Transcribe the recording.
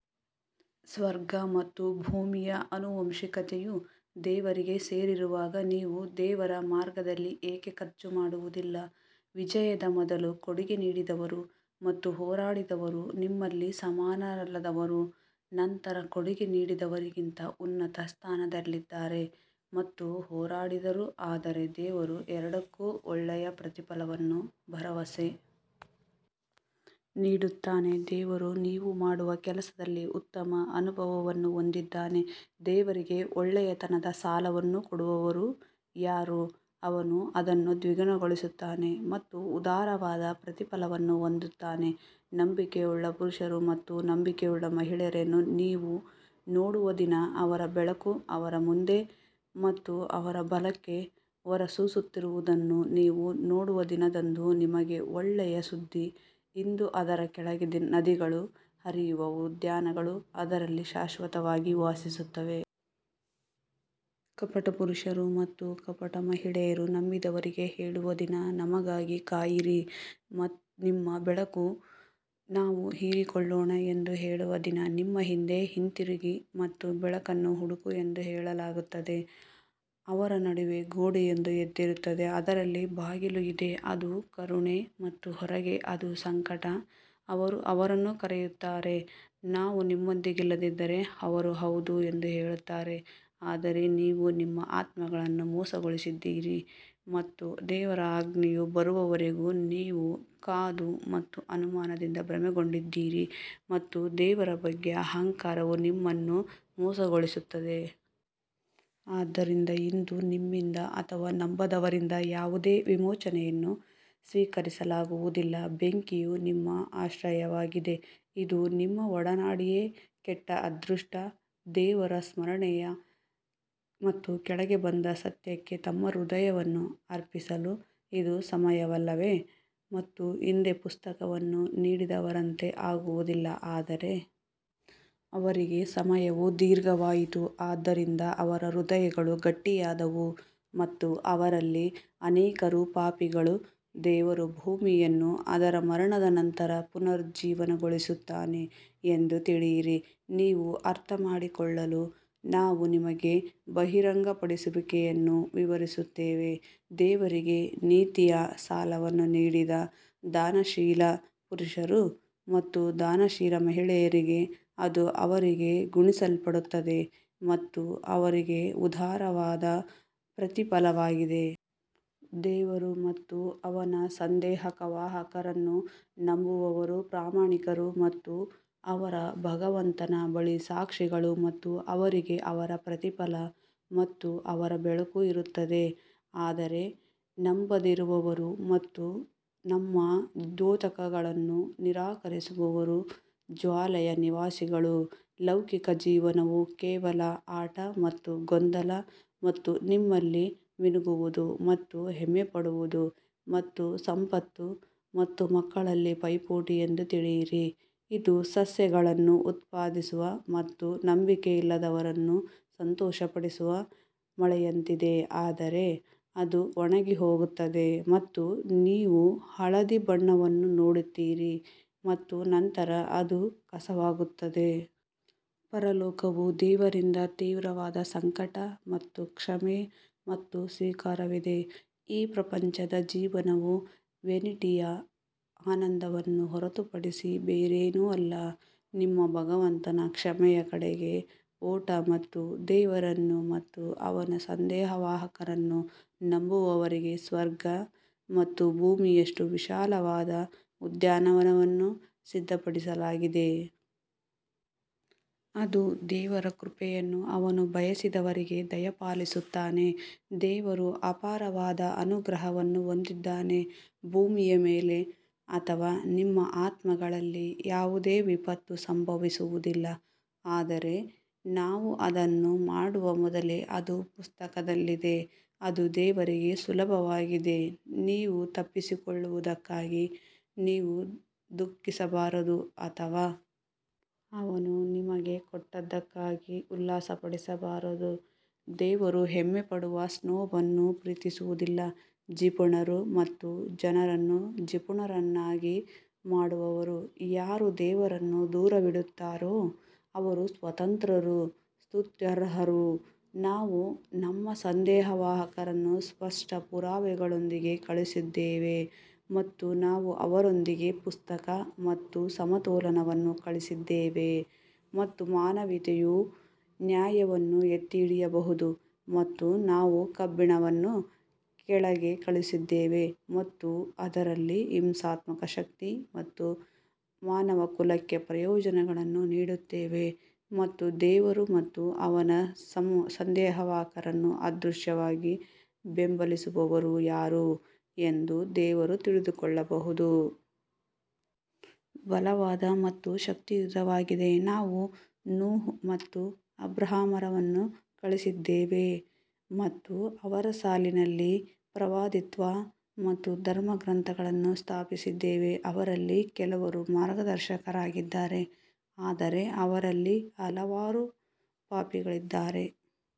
ಸ್ವರ್ಗ ಮತ್ತು ಭೂಮಿಯ ಆನುವಂಶಿಕತೆಯು ದೇವರಿಗೆ ಸೇರಿರುವಾಗ ನೀವು ದೇವರ ಮಾರ್ಗದಲ್ಲಿ ಏಕೆ ಖರ್ಚು ಮಾಡುವುದಿಲ್ಲ, ವಿಜಯದ ಮೊದಲು ಕೊಡುಗೆ ನೀಡಿದವರು ಮತ್ತು ಹೋರಾಡಿದವರು ನಿಮ್ಮಲ್ಲಿ ಸಮಾನರಲ್ಲದವರು ನಂತರ ಕೊಡುಗೆ ನೀಡಿದವರಿಗಿಂತ ಉನ್ನತ ಸ್ಥಾನದಲ್ಲಿದ್ದಾರೆ ಮತ್ತು ಹೋರಾಡಿದರು ಆದರೆ ದೇವರು ಎರಡಕ್ಕೂ ಒಳ್ಳೆಯ ಪ್ರತಿಫಲವನ್ನು ಭರವಸೆ ನೀಡುತ್ತಾನೆ ದೇವರು ನೀವು ಮಾಡುವ ಕೆಲಸದಲ್ಲಿ ಉತ್ತಮ ಅನುಭವವನ್ನು ಹೊಂದಿದ್ದಾನೆ ದೇವರಿಗೆ ಒಳ್ಳೆಯತನದ ಸಾಲವನ್ನು ಕೊಡುವವನು ಯಾರು, ಅವನು ಅದನ್ನು ದ್ವಿಗುಣಗೊಳಿಸುತ್ತಾನೆ ಮತ್ತು ಉದಾರವಾದ ಪ್ರತಿಫಲವನ್ನು ಹೊಂದುತ್ತಾನೆ ನಂಬಿಕೆಯುಳ್ಳ ಪುರುಷರು ಮತ್ತು ನಂಬಿಕೆಯುಳ್ಳ ಮಹಿಳೆಯರನ್ನು ನೀವು ನೋಡುವ ದಿನ ಅವರ ಬೆಳಕು ಅವರ ಮುಂದೆ ಮತ್ತು ಅವರ ಬಲಕ್ಕೆ ಹೊರಸೂಸುತ್ತಿರುವುದನ್ನು ನೀವು ನೋಡುವ ದಿನದಂದು ನಿಮಗೆ ಒಳ್ಳೆಯ ಸುದ್ದಿ ಇಂದು ಅದರ ಕೆಳಗೆ ನದಿಗಳು ಹರಿಯುವ ಉದ್ಯಾನಗಳು ಅದರಲ್ಲಿ ಶಾಶ್ವತವಾಗಿ ವಾಸಿಸುತ್ತವೆ. ಕಪಟ ಪುರುಷರು ಮತ್ತು ಕಪಟ ಮಹಿಳೆಯರು ನಂಬಿದವರಿಗೆ ಹೇಳುವ ದಿನ ನಮಗಾಗಿ ಕಾಯಿರಿ ನಿಮ್ಮ ಬೆಳಕನ್ನು ನಾವು ಹೀರಿಕೊಳ್ಳೋಣ ಎಂದು ಹೇಳುವ ದಿನ ನಿಮ್ಮ ಹಿಂದೆ ಹಿಂತಿರುಗಿ ಮತ್ತು ಬೆಳಕನ್ನು ಹುಡುಕು ಎಂದು ಹೇಳಲಾಗುತ್ತದೆ ಅವರ ನಡುವೆ ಗೋಡೆಯೊಂದು ಎದ್ದಿರುತ್ತದೆ ಅದರಲ್ಲಿ ಬಾಗಿಲು ಇದೆ. ಅದು ಕರುಣೆ ಮತ್ತು ಹೊರಗೆ ಅದು ಸಂಕಟ ಅವರು ಅವರನ್ನು ಕರೆಯುತ್ತಾರೆ, ನಾವು ನಿಮ್ಮೊಂದಿಗಿಲ್ಲದಿದ್ದರೆ ಅವರು ಹೌದು ಎಂದು ಹೇಳುತ್ತಾರೆ ಆದರೆ ನೀವು ನಿಮ್ಮ ಆತ್ಮಗಳನ್ನು ಮೋಸಗೊಳಿಸಿದ್ದೀರಿ ಮತ್ತು ದೇವರ ಆಜ್ಞೆಯು ಬರುವವರೆಗೂ ನೀವು ಕಾದು ಮತ್ತು ಅನುಮಾನದಿಂದ ಭ್ರಮೆಗೊಂಡಿದ್ದೀರಿ ಮತ್ತು ದೇವರ ಬಗ್ಗೆ ಅಹಂಕಾರವು ನಿಮ್ಮನ್ನು ಮೋಸಗೊಳಿಸುತ್ತದೆ. ಆದ್ದರಿಂದ ಇಂದು ನಿಮ್ಮಿಂದ ಅಥವಾ ನಂಬದವರಿಂದ ಯಾವುದೇ ವಿಮೋಚನೆಯನ್ನು ಸ್ವೀಕರಿಸಲಾಗುವುದಿಲ್ಲ, ಬೆಂಕಿಯು ನಿಮ್ಮ ಆಶ್ರಯವಾಗಿದೆ, ಇದು ನಿಮ್ಮ ಒಡನಾಡಿಯೇ ಕೆಟ್ಟ ಅದೃಷ್ಟ ದೇವರ ಸ್ಮರಣೆಗೆ ಮತ್ತು ಕೆಳಗೆ ಬಂದ ಸತ್ಯಕ್ಕೆ ತಮ್ಮ ಹೃದಯವನ್ನು ಅರ್ಪಿಸಲು ಇದು ಸಮಯವಲ್ಲವೇ ಮತ್ತು ಹಿಂದೆ ಪುಸ್ತಕವನ್ನು ನೀಡಿದವರಂತೆ ಆಗುವುದಿಲ್ಲ ಆದರೆ ಅವರಿಗೆ ಸಮಯವು ದೀರ್ಘವಾಯಿತು ಆದ್ದರಿಂದ ಅವರ ಹೃದಯಗಳು ಗಟ್ಟಿಯಾದವು ಮತ್ತು ಅವರಲ್ಲಿ ಅನೇಕರು ಪಾಪಿಗಳು ದೇವರು ಭೂಮಿಯನ್ನು ಅದರ ಮರಣದ ನಂತರ ಪುನರುಜ್ಜೀವನಗೊಳಿಸುತ್ತಾನೆ ಎಂದು ತಿಳಿಯಿರಿ, ನೀವು ಅರ್ಥಮಾಡಿಕೊಳ್ಳಲು ನಾವು ನಿಮಗೆ ಬಹಿರಂಗಪಡಿಸುವಿಕೆಯನ್ನು ವಿವರಿಸುತ್ತೇವೆ ದೇವರಿಗೆ ನೀತಿಯ ಸಾಲವನ್ನು ನೀಡಿದ ದಾನಶೀಲ ಪುರುಷರು ಮತ್ತು ದಾನಶೀಲ ಮಹಿಳೆಯರಿಗೆ ಅದು ಅವರಿಗೆ ಗುಣಿಸಲ್ಪಡುತ್ತದೆ ಮತ್ತು ಅವರಿಗೆ ಉದಾರವಾದ ಪ್ರತಿಫಲವಾಗಿದೆ. ದೇವರು ಮತ್ತು ಅವನ ಸಂದೇಶವಾಹಕರನ್ನು ನಂಬುವವರು ಪ್ರಾಮಾಣಿಕರು ಮತ್ತು ಅವರ ಭಗವಂತನ ಬಳಿ ಸಾಕ್ಷಿಗಳು ಮತ್ತು ಅವರಿಗೆ ಅವರ ಪ್ರತಿಫಲ ಮತ್ತು ಅವರ ಬೆಳಕು ಇರುತ್ತದೆ ಆದರೆ ನಂಬದಿರುವವರು ಮತ್ತು ನಮ್ಮ ದ್ಯೋತಕಗಳನ್ನು ನಿರಾಕರಿಸುವವರು ಜ್ವಾಲೆಯ ನಿವಾಸಿಗಳು. ಲೌಕಿಕ ಜೀವನವು ಕೇವಲ ಆಟ ಮತ್ತು ಗೊಂದಲ ಮತ್ತು ನಿಮ್ಮಲ್ಲಿ ಮಿನುಗುವುದು ಮತ್ತು ಹೆಮ್ಮೆಪಡುವುದು ಮತ್ತು ಸಂಪತ್ತು ಮತ್ತು ಮಕ್ಕಳಲ್ಲಿ ಪೈಪೋಟಿ ಎಂದು ತಿಳಿಯಿರಿ ಇದು ಸಸ್ಯಗಳನ್ನು ಉತ್ಪಾದಿಸುವ ಮತ್ತು ನಂಬಿಕೆಯಿಲ್ಲದವರನ್ನು ಸಂತೋಷಪಡಿಸುವ ಮಳೆಯಂತಿದೆ ಆದರೆ ಅದು ಒಣಗಿಹೋಗುತ್ತದೆ ಮತ್ತು ನೀವು ಹಳದಿ ಬಣ್ಣವನ್ನು ನೋಡುತ್ತೀರಿ ಮತ್ತು ನಂತರ ಅದು ಕಸವಾಗುತ್ತದೆ. ಪರಲೋಕವು ದೇವರಿಂದ ತೀವ್ರವಾದ ಸಂಕಟ ಮತ್ತು ಕ್ಷಮೆ ಮತ್ತು ಸ್ವೀಕಾರವಿದೆ ಈ ಪ್ರಪಂಚದ ಜೀವನವು ವ್ಯಾನಿಟಿಯ ಆನಂದವನ್ನು ಹೊರತುಪಡಿಸಿ ಬೇರೇನೂ ಅಲ್ಲ ನಿಮ್ಮ ಭಗವಂತನ ಕ್ಷಮೆಯ ಕಡೆಗೆ ಓಟ ಮತ್ತು ದೇವರನ್ನು ಮತ್ತು ಅವನ ಸಂದೇಶವಾಹಕರನ್ನು ನಂಬುವವರಿಗೆ ಸ್ವರ್ಗ ಮತ್ತು ಭೂಮಿಯಷ್ಟು ವಿಶಾಲವಾದ ಉದ್ಯಾನವನ್ನು ಸಿದ್ಧಪಡಿಸಲಾಗಿದೆ, ಅದು ದೇವರ ಕೃಪೆಯನ್ನು ಅವನು ಬಯಸಿದವರಿಗೆ ದಯಪಾಲಿಸುತ್ತಾನೆ ದೇವರು ಅಪಾರವಾದ ಅನುಗ್ರಹವನ್ನು ಹೊಂದಿದ್ದಾನೆ ಭೂಮಿಯ ಮೇಲೆ ಅಥವಾ ನಿಮ್ಮ ಆತ್ಮಗಳಲ್ಲಿ ಯಾವುದೇ ವಿಪತ್ತು ಸಂಭವಿಸುವುದಿಲ್ಲ ಆದರೆ ನಾವು ಅದನ್ನು ಮಾಡುವ ಮೊದಲೇ ಅದು ಪುಸ್ತಕದಲ್ಲಿದೆ, ಅದು ದೇವರಿಗೆ ಸುಲಭವಾಗಿದೆ ನೀವು ತಪ್ಪಿಸಿಕೊಳ್ಳುವದಕ್ಕಾಗಿ ನೀವು ದುಃಖಿಸಬಾರದು ಅಥವಾ ಅವನು ನಿಮಗೆ ಕೊಟ್ಟದ್ದಕ್ಕಾಗಿ ಉಲ್ಲಾಸಪಡಬಾರದು, ದೇವರು ಹೆಮ್ಮೆಪಡುವ ಸ್ನೋಬ್ ಅನ್ನು ಪ್ರೀತಿಸುವುದಿಲ್ಲ ಜಿಪುಣರು ಮತ್ತು ಜನರನ್ನು ಜಿಪುಣರನ್ನಾಗಿ ಮಾಡುವವರು ಯಾರು ದೇವರನ್ನು ದೂರವಿಡುತ್ತಾರೋ ಅವರು ಸ್ವತಂತ್ರರು ಸ್ತುತ್ಯರ್ಹರು ನಾವು ನಮ್ಮ ಸಂದೇಶವಾಹಕರನ್ನು ಸ್ಪಷ್ಟ ಪುರಾವೆಗಳೊಂದಿಗೆ ಕಳುಹಿಸಿದ್ದೇವೆ ಮತ್ತು ನಾವು ಅವರೊಂದಿಗೆ ಪುಸ್ತಕ ಮತ್ತು ಸಮತೋಲನವನ್ನು ಕಳುಹಿಸಿದ್ದೇವೆ ಮತ್ತು ಮಾನವೀಯತೆಯು ನ್ಯಾಯವನ್ನು ಎತ್ತಿಹಿಡಿಯಬಹುದು ಮತ್ತು ನಾವು ಕಬ್ಬಿಣವನ್ನು ಕೆಳಗೆ ಕಳುಹಿಸಿದ್ದೇವೆ ಮತ್ತು ಅದರಲ್ಲಿ ಹಿಂಸಾತ್ಮಕ ಶಕ್ತಿ ಮತ್ತು ಮಾನವಕುಲಕ್ಕೆ ಪ್ರಯೋಜನಗಳನ್ನು ನೀಡುತ್ತೇವೆ ಮತ್ತು ದೇವರು ಮತ್ತು ಅವನ ಸಂದೇಶವಾಹಕರನ್ನು ಅದೃಶ್ಯವಾಗಿ ಬೆಂಬಲಿಸುವವರು ಯಾರು ಎಂದು ದೇವರು ತಿಳಿದುಕೊಳ್ಳಬಹುದು. ಬಲವಾದ ಮತ್ತು ಶಕ್ತಿಯುತವಾಗಿದೆ ನಾವು ನೂಹ್ ಮತ್ತು ಅಬ್ರಹಾಮರನ್ನು ಕಳುಹಿಸಿದ್ದೇವೆ ಮತ್ತು ಅವರ ಸಾಲಿನಲ್ಲಿ ಪ್ರವಾದಿತ್ವ ಮತ್ತು ಧರ್ಮಗ್ರಂಥಗಳನ್ನು ಸ್ಥಾಪಿಸಿದ್ದೇವೆ ಅವರಲ್ಲಿ ಕೆಲವರು ಮಾರ್ಗದರ್ಶಕರಾಗಿದ್ದಾರೆ ಆದರೆ ಅವರಲ್ಲಿ ಹಲವರು ಪಾಪಿಗಳಾಗಿದ್ದಾರೆ.